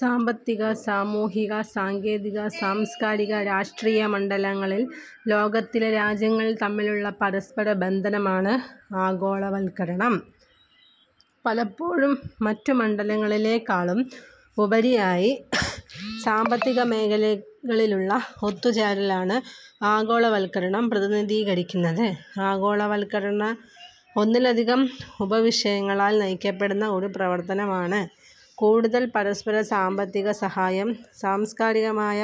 സാമ്പത്തിക, സാമൂഹിക, സാങ്കേതിക, സാംസ്കാരിക, രാഷ്ട്രീയ മണ്ഡലങ്ങളിൽ ലോകത്തിലെ രാജ്യങ്ങൾ തമ്മിലുള്ള പരസ്പര ബന്ധനമാണ് ആഗോളവൽക്കരണം. പലപ്പോഴും മറ്റുമണ്ഡലങ്ങളിലേക്കാളും ഉപരിയായി സാമ്പത്തിക മേഖലകളിലുള്ള ഒത്തുചേരലാണ് ആഗോളവൽക്കരണം പ്രതിനിധീകരിക്കുന്നത്. ആഗോളവൽക്കരണം ഒന്നിലധികം ഉപവിഷയങ്ങളാൽ നയിക്കപ്പെടുന്ന ഒരു പ്രവർത്തനമാണ്. കൂടുതൽ പരസ്പര സാമ്പത്തിക സഹായം, സാംസ്കാരികമായ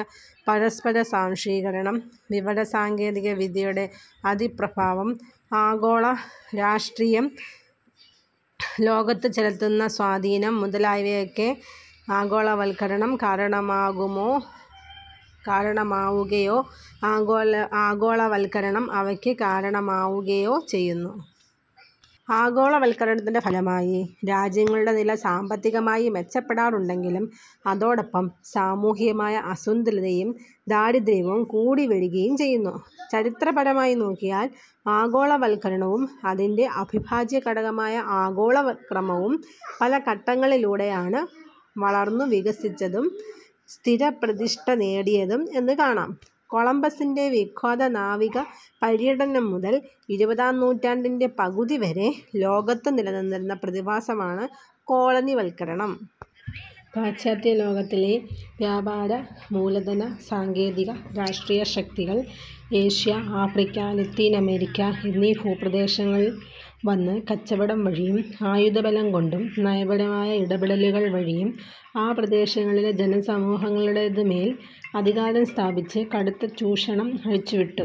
പരസ്പര സ്വാംശീകരണം, വിവര സാങ്കേതിക വിദ്യയുടെ അതിപ്രഭാവം, ആഗോള രാഷ്ട്രീയം ലോകത്ത് ചെലുത്തുന്ന സ്വാധീനം മുതലായവയൊക്കെ ആഗോളവൽക്കരണം കാരണമാവുകയോ ആഗോളവൽക്കരണം അവയ്ക്ക് കാരണമാവുകയോ ചെയ്യുന്നു. ആഗോളവൽക്കരണത്തിന്റെ ഫലമായി രാജ്യങ്ങളുടെ നില സാമ്പത്തികമായി മെച്ചപ്പെടാറുണ്ടെങ്കിലും, അതോടൊപ്പം സാമൂഹികമായ അസന്തുലിതയും, ദാരിദ്ര്യവും കൂടിവരികയും ചെയ്യുന്നു. ചരിത്രപരമായി നോക്കിയാൽ ആഗോളവൽക്കരണവും അതിന്റെ അവിഭാജ്യഘടകമായ ആഗോളക്രമവും പല ഘട്ടങ്ങളിലൂടെയാണ് വളർന്നു വികസിച്ചതും സ്ഥിരപ്രതിഷ്ടനേടിയതും എന്ന് കാണാം. കൊളംബസ്സിന്റെ വിഖ്യാത നാവികപര്യടനം മുതൽ ഇരുപതാം നൂറ്റാണ്ടിന്റെ പകുതിവരെ ലോകത്തു നിലനിന്നിരുന്ന പ്രതിഭാസമാണ് കോളനിവൽക്കരണം. പാശ്ചാത്യലോകത്തിലെ വ്യാപാര, മൂലധന, സാങ്കേതിക, രാഷ്ട്രീയ ശക്തികൾ ഏഷ്യ, ആഫ്രിക്ക, ലത്തീൻ അമേരിക്ക എന്നീ ഭൂപ്രദേശങ്ങളിൽ വന്ന് കച്ചവടം വഴിയും ആയുധബലം കൊണ്ടും നയപരമായ ഇടപെടലുകൾ വഴിയും ആ പ്രദേശങ്ങളിലെ ജനസമൂഹങ്ങളുടെമേൽ അധികാരം സ്ഥാപിച്ച് കടുത്ത ചൂഷണം അഴിച്ചുവിട്ടു.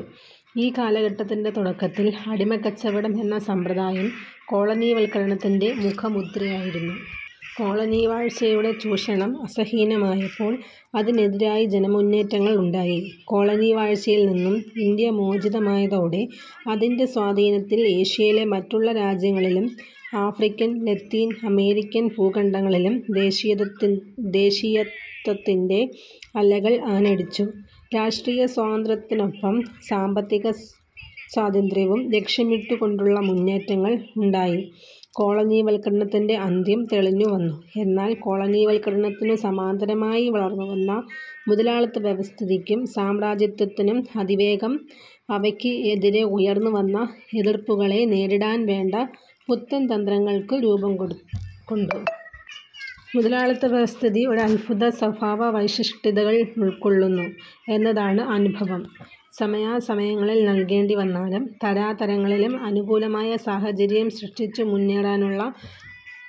ഈ കാലഘട്ടത്തിന്റെ തുടക്കത്തിൽ അടിമക്കച്ചവടം എന്ന സമ്പ്രദായം കോളനിവൽക്കരണത്തിന്റെ മുഖമുദ്രയായിരുന്നു. കോളനിവാഴ്ചയുടെ ചൂഷണം അസഹനീയമായപ്പോൾ, അതിനെതിരായി ജനമുന്നേറ്റങ്ങൾ ഉണ്ടായി. കോളനിവാഴ്ചയിൽനിന്നും ഇന്ത്യ മോചിതമായതോടെ അതിന്റെ സ്വാധീനത്തിൽ ഏഷ്യയിലെ മറ്റുള്ള രാജ്യങ്ങളിലും, ആഫ്രിക്കൻ, ലത്തീൻ അമേരിക്കൻ ഭൂഖണ്ഡങ്ങളിലും ദേശീയത്വത്തിന്റെ അലകൾ ആഞ്ഞടിച്ചു. രാഷ്ട്രീയസ്വാതന്ത്ര്യത്തിനൊപ്പം, സാമ്പത്തിക സ്വാതന്ത്ര്യവും ലക്ഷ്യമിട്ടുകൊണ്ടുള്ള മുന്നേറ്റങ്ങൾ ഉണ്ടായി. കോളനിവൽക്കരണത്തിന്റെ അന്ത്യം തെളിഞ്ഞുവന്നു. എന്നാൽ കോളനിവൽക്കരണത്തിനു സമാന്തരമായി വളർന്നുവന്ന മുതലാളിത്തവ്യവസ്ഥിതിക്കും സാമ്രാജ്യത്വത്തിനും അതിവേഗം അവയ്ക്ക് എതിരെ ഉയർന്നുവന്ന എതിർപ്പുകളെ നേരിടാൻ വേണ്ട പുത്തൻ തന്ത്രങ്ങൾക്കു രൂപം കൊണ്ടു. മുതലാളിത്ത വ്യവസ്ഥിതി ഒരത്ഭുത സ്വഭാവവൈശിഷ്ട്യങ്ങൾ ഉൾക്കൊള്ളുന്നു എന്നതാണ് അനുഭവം. സമയാസമയങ്ങളിൽ നൽകേണ്ടിവന്നാലും തരാതരങ്ങളിലും അനുകൂലമായ സാഹചര്യം സൃഷ്ടിച്ചു മുന്നേറാനുള്ള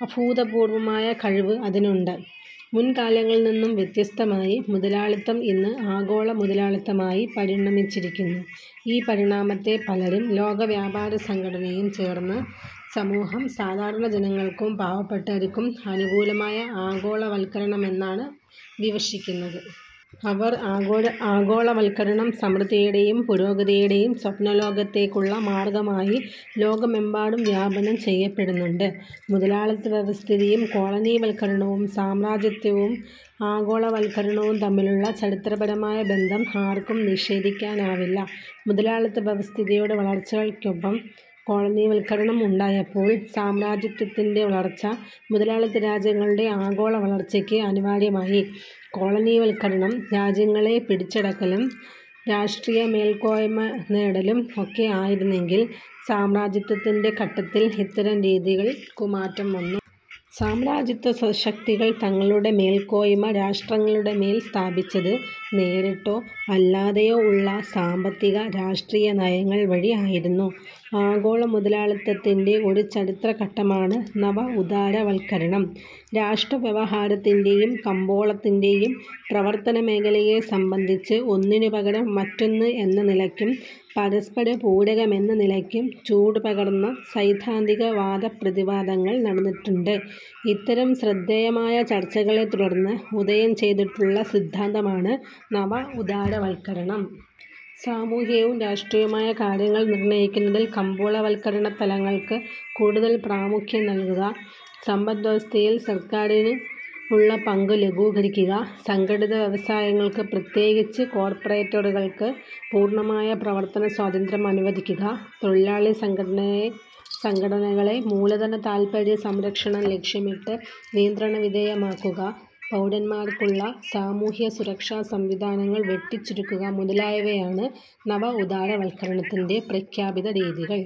അഭൂതപൂർവമായ കഴിവ് അതിനുണ്ട്. മുൻകാലങ്ങളിൽ നിന്നു വ്യത്യസ്തമായി മുതലാളിത്തം ഇന്ന് ആഗോളമുതലാളിത്തമായി പരിണമിച്ചിരിക്കുന്നു. ഈ പരിണാമത്തെ പലരും ലോകവ്യാപാരസംഘടനയും ചേർന്ന സമൂഹം സാധാരണ ജനങ്ങൾക്കും പാവപ്പെട്ടവർക്കും അനുകൂലമായ ആഗോളവൽക്കരണമെന്നാണ് വിവക്ഷിക്കുന്നത്. അവർ ആഗോളവൽക്കരണം സമൃദ്ധിയുടേയും പുരോഗതിയുടേയും സ്വപ്നലോകത്തേക്കുള്ള മാർഗ്ഗമായി ലോകമെമ്പാടും വ്യാപനം ചെയ്യപ്പെടുന്നുണ്ട്. മുതലാളിത്തവ്യവസ്ഥിതിയും കോളനിവൽക്കരണവും സാമ്രാജ്യത്വവും ആഗോളവൽക്കരണവും തമ്മിലുള്ള ചരിത്രപരമായ ബന്ധം ആർക്കും നിഷേധിക്കാനാവില്ല. മുതലാളിത്തവ്യവസ്ഥിതിയുടെ വളർച്ചയ്ക്കൊപ്പം കോളനിവൽകരണം ഉണ്ടായപ്പോൾ സാമ്രാജ്യത്വത്തിന്റെ വളർച്ച മുതലാളിത്തരാജ്യങ്ങളുടെ ആഗോളവളർച്ചയ്ക്ക് അനിവാര്യമായി. കോളനിവൽക്കരണം രാജ്യങ്ങളെ പിടിച്ചടക്കലും, രാഷ്ട്രീയമേൽക്കോയ്മ നേടലും ഒക്കെ ആയിരുന്നെങ്കിൽ, സാമ്രാജ്യത്വത്തിന്റെ ഘട്ടത്തിൽ ഇത്തരം രീതികൾക്കു മാറ്റം വന്നു. സാമ്രാജ്യത്വശക്തികൾ തങ്ങളുടെ മേൽക്കോയ്മ രാഷ്ട്രങ്ങളുടെമേൽ സ്ഥാപിച്ചത്, നേരിട്ടോ അല്ലാതയോ ഉള്ള സാമ്പത്തിക, രാഷ്ട്രീയ നയങ്ങൾവഴി ആയിരുന്നു. ആഗോളമുതലാളിത്തത്തിന്റെ ഒരു ചരിത്രഘട്ടമാണ് നവഉദാരവൽക്കരണം രാഷ്ട്രവ്യവഹാരത്തിന്റെയും കമ്പോളത്തിന്റെയും പ്രവർത്തനമേഖലയെ സംബന്ധിച്ച് ഒന്നിനുപകരം മറ്റൊന്ന് എന്ന നിലയ്ക്കും, പരസ്പരപൂരകമെന്നനിലയ്ക്കും ചൂടു പകർന്ന സൈദ്ധാന്തികവാദപ്രതിവാദങ്ങൾ നടന്നിട്ടുണ്ട്. ഇത്തരം ശ്രദ്ധേയമായ ചർച്ചകളെത്തുടർന്ന് ഉദയം ചെയ്തിട്ടുള്ള സിദ്ധാന്തമാണ് നവ ഉദാരവൽക്കരണം. സാമൂഹികവും രാഷ്ട്രീയവുമായ കാര്യങ്ങൾ നിർണയിക്കുന്നതിൽ കമ്പോളവൽക്കരണത്തലങ്ങൾക്ക് കൂടുതൽ പ്രാമുഖ്യം നൽകുക, സമ്പദ് വ്യവസ്ഥയിൽ സർക്കാരിന് ഉള്ള പങ്കു ലഘൂകരിക്കുക, സംഘടിത വ്യവസായങ്ങൾക്ക്, പ്രത്യേകിച്ച് കോർപ്പറേറ്റുകൾക്ക്, പൂർണമായ പ്രവർത്തന സ്വാതന്ത്രം അനുവദിക്കുക, തൊഴിലാളിസംഘടനകളെ മൂലധന താൽപര്യ സംരക്ഷണം ലക്ഷ്യമിട്ട് നിയന്ത്രണവിധേയമാക്കുക, പൗരന്മാർക്കുള്ള സാമൂഹികസുരക്ഷാസംവിധാനങ്ങൾ വെട്ടിച്ചുരുക്കുക മുതലായവയാണ് നവ ഉദാരവൽക്കരണത്തിന്റെ പ്രഖ്യാപിത രീതികൾ.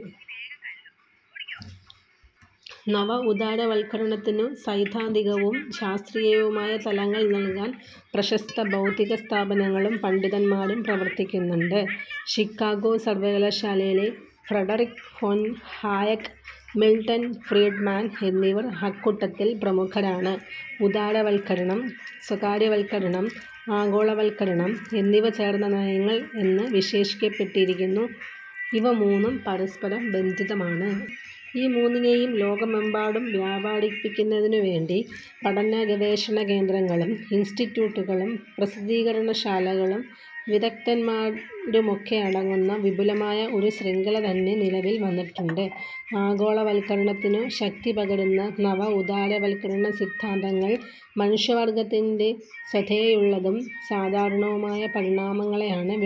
നവ ഉദാരവൽക്കരണത്തിനു സൈദ്ധാന്തികവും ശാസ്ത്രീയവുമായ തലങ്ങൾ നൽകാൻ പ്രശസ്ത ബൗദ്ധികസ്ഥാപനങ്ങളും പണ്ഡിതന്മാരും പ്രവർത്തിക്കുന്നുണ്ട്. ഷിക്കാഗോ സർവകലാശാലയിലെ ഫ്രെഡറിക്ക് ഫൊൻ ഹായക്ക്, മിൾട്ടൺ ഫ്രീഡ്മാൻ എന്നിവർ അക്കൂട്ടത്തിൽ പ്രമുഖരാണ്. ഉദാരവൽക്കരണം, സ്വകാര്യവൽക്കരണം, ആഗോളവൽക്കരണം എന്നിവ ചേർന്ന നയങ്ങൾ എന്ന് വിശേഷിപ്പിക്കപ്പെട്ടിരിക്കുന്നു. ഇവ മൂന്നും പരസ്പരം ബന്ധിതമാണ്. ഇവ മൂന്നിനെയും ലോകമെമ്പാടും വ്യാപരിപ്പിക്കുന്നതിനുവേണ്ടി പഠനഗവേഷണകേന്ദ്രങ്ങളും ഇൻസ്റ്റിറ്റ്യൂട്ടുകളും പ്രസിദ്ധീകരണശാലകളും വിദഗ്ദ്ധന്മാരുമൊക്കെയടങ്ങുന്ന വിപുലമായ ഒരു ശൃംഖലതന്നെ നിലവിൽ വന്നിട്ടുണ്ട്. ആഗോളവൽക്കരണത്തിനു ശക്തിപകരുന്ന നവ ഉദാരവൽക്കരണ സിദ്ധാന്തങ്ങൾ മനുഷ്യവർഗത്തിന്റെ സ്വതേയുള്ളതും സാധാരണവുമായ പരിണാമങ്ങളെയാണ് വിളംബരം ചെയ്യുന്നത്.